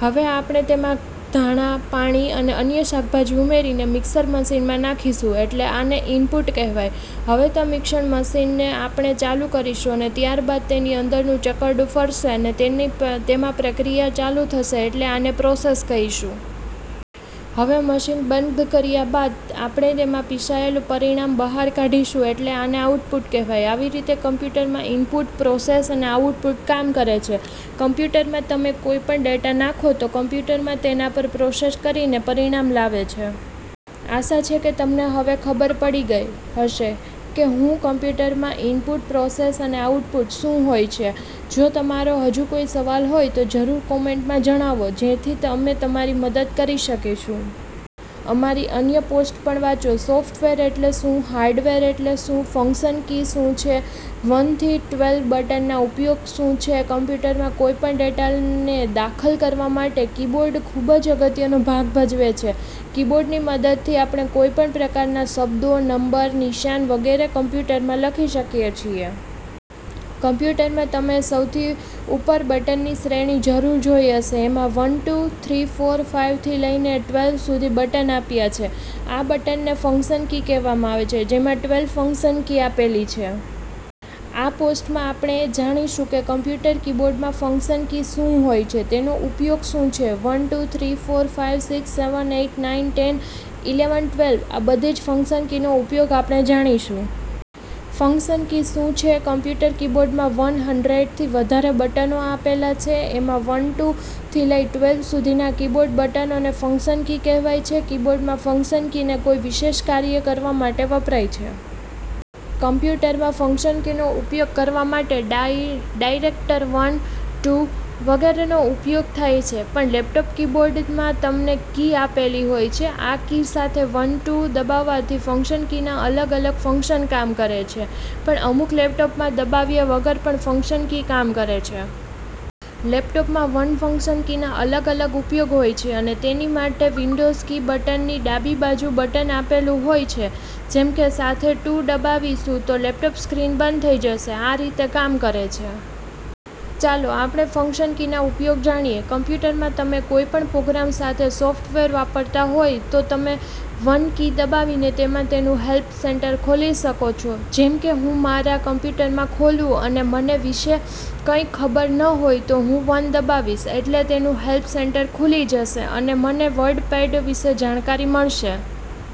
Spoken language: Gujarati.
હવે આપણે તેમાં ધાણા, પાણી અને અન્ય શાકભાજી ઉમેરીને મિક્ષર મશીનમાં નાખીશું એટલે આને ઈનપુટ કહેવાય. હવે તે મિક્ષણ મશીનને આપણે ચાલુ કરીશું અને ત્યાર બાદ તેની અંદરનું ચકરડું ફરશે અને તેમાં પ્રક્રિયા ચાલુ થશે એટલે આને પ્રોસેસ કહીશું. હવે મશીન બંધ કર્યા બાદ તેમાંથી આપણે પિસાયેલું પરિણામ બહાર કાઢીશું એટલે આને આઉટપુટ કહેવાય છે. આવી રીતે કમ્પ્યુટરમાં ઈનપુટ, પ્રોસેસ અને આઉટપુટ કામ કરે છે. કમ્પ્યુટરમાં તમે કોઈ પણ ડેટા નાખો તો કમ્પ્યુટર તેના પર પ્રોસેસ કરીને પરિણામ લાવે છે. આશા છે કે તમને હવે ખબર પડી ગઈ હશે કે કમ્પ્યુટરમાં આ ઈનપુટ, પ્રોસેસ અને આઉટપુટ શું હોય છે. જો તમારો હજુ કોઈ સવાલ હોય તો જરૂર કોમેન્ટમાં જણાવો જેથી અમે તમારી મદદ જરૂર કરીશું. અમારી અન્ય પોસ્ટ પણ વાંચો- સોફ્ટવેર એટલે શું? હાર્ડવેર એટલે શું? ફંક્શન કી શું છે? વન થી ટ્વેલ્વ બટનના ઉપયોગ શું છે? કમ્પ્યુટરમાં કોઈ પણ ડેટાને દાખલ કરવા માટે કીબોર્ડ ખૂબ અગત્યનો ભાગ ભજવે છે, કીબોર્ડની મદદથી આપણે કોઈ પણ પ્રકારના શબ્દો, નંબર, નિશાન વગેરે કમ્પ્યુટરમાં લખી શકીએ છે. કમ્પ્યુટરમાં તમે સૌથી ઉપર બટનની શ્રેણી જરૂર જોઈ હશે એમાં one, two, three, four, five થી લઈને ટ્વેલ્વ સુધી બટન આપ્યા છે, આ બટનને ફંક્શન કી કહેવાય છે, જેમાં ટ્વેલ્વ ફંક્શન કી આપેલી છે. આ પોસ્ટમાં આપણે જાણીશું કે કમ્પ્યુટર કીબોર્ડમાં ફંક્શન કી શું હોય છે? તેનો ઉપયોગ શું છે? One, two, three, four, five, six, seven, eight, nine, ten, eleven, twelve આ બધી જ ફંક્શન કીનો ઉપયોગ આપણે જાણીશું. ફંક્શન કી શું છે? કમ્પ્યુટર કીબોર્ડમાં વન હંડ્રેડ થી વધારે બટનો આપેલા છે, એમાં વન, ટુ થી લઈ ટ્વેલ્વ સુધીના કીબોર્ડ બટનોને ફંક્શન કી કહેવાય છે. કીબોર્ડમાં ફંક્શન કીને કોઈ વિશેષ કાર્ય કરવા માટે વપરાય છે. કમ્પ્યુટરમાં ફંક્શન કીનો ઉપયોગ કરવા માટે ડાઇરેક્ટ વન, ટુ વગેરેનો ઉપયોગ થાય છે પણ લેપટોપ કીબોર્ડમાં તમને કી આપેલી હોય છે. આ કી સાથે વન, ટુ દબાવવાથી ફંક્શન કીના અલગ-અલગ ફંક્શન કામ કરે છે, પણ અમુક લેપટોપમાં દબાવ્યા વગર પણ ફંક્શન કી કામ કરે છે. લેપટોપમાં વન ફંક્શન કીના અલગ-અલગ ઉપયોગ હોય છે અને તેની માટે વિન્ડોઝ કી બટનની ડાબી બાજુ બટન આપેલું હોય છે, જેમ કે સાથે ટુ દબાવીશું તો લેપટોપ સ્ક્રીન બંધ થશે, આ રીતે કામ કરે છે. ચાલો આપણે ફંક્શન કીના ઉપયોગ જાણીએ. કમ્પ્યુટરમાં તમે કોઈ પણ પ્રોગ્રામ અથવા સોફ્ટવેર વાપરતા હોય તો તમે વન કી દબાવીને તેમાં તેનું હેલ્પ સેન્ટર ખોલી શકો છો. જેમ કે હું મારા કમ્પ્યુટરમાં ખોલુ અને મને વિશે કઈ ખબર ન હોય તો હું વન દબાવીશ એટલે તેનું હેલ્પ સેન્ટર ખૂલી જશે અને મને વર્ડપેડ વિશે જાણકારી મળશે.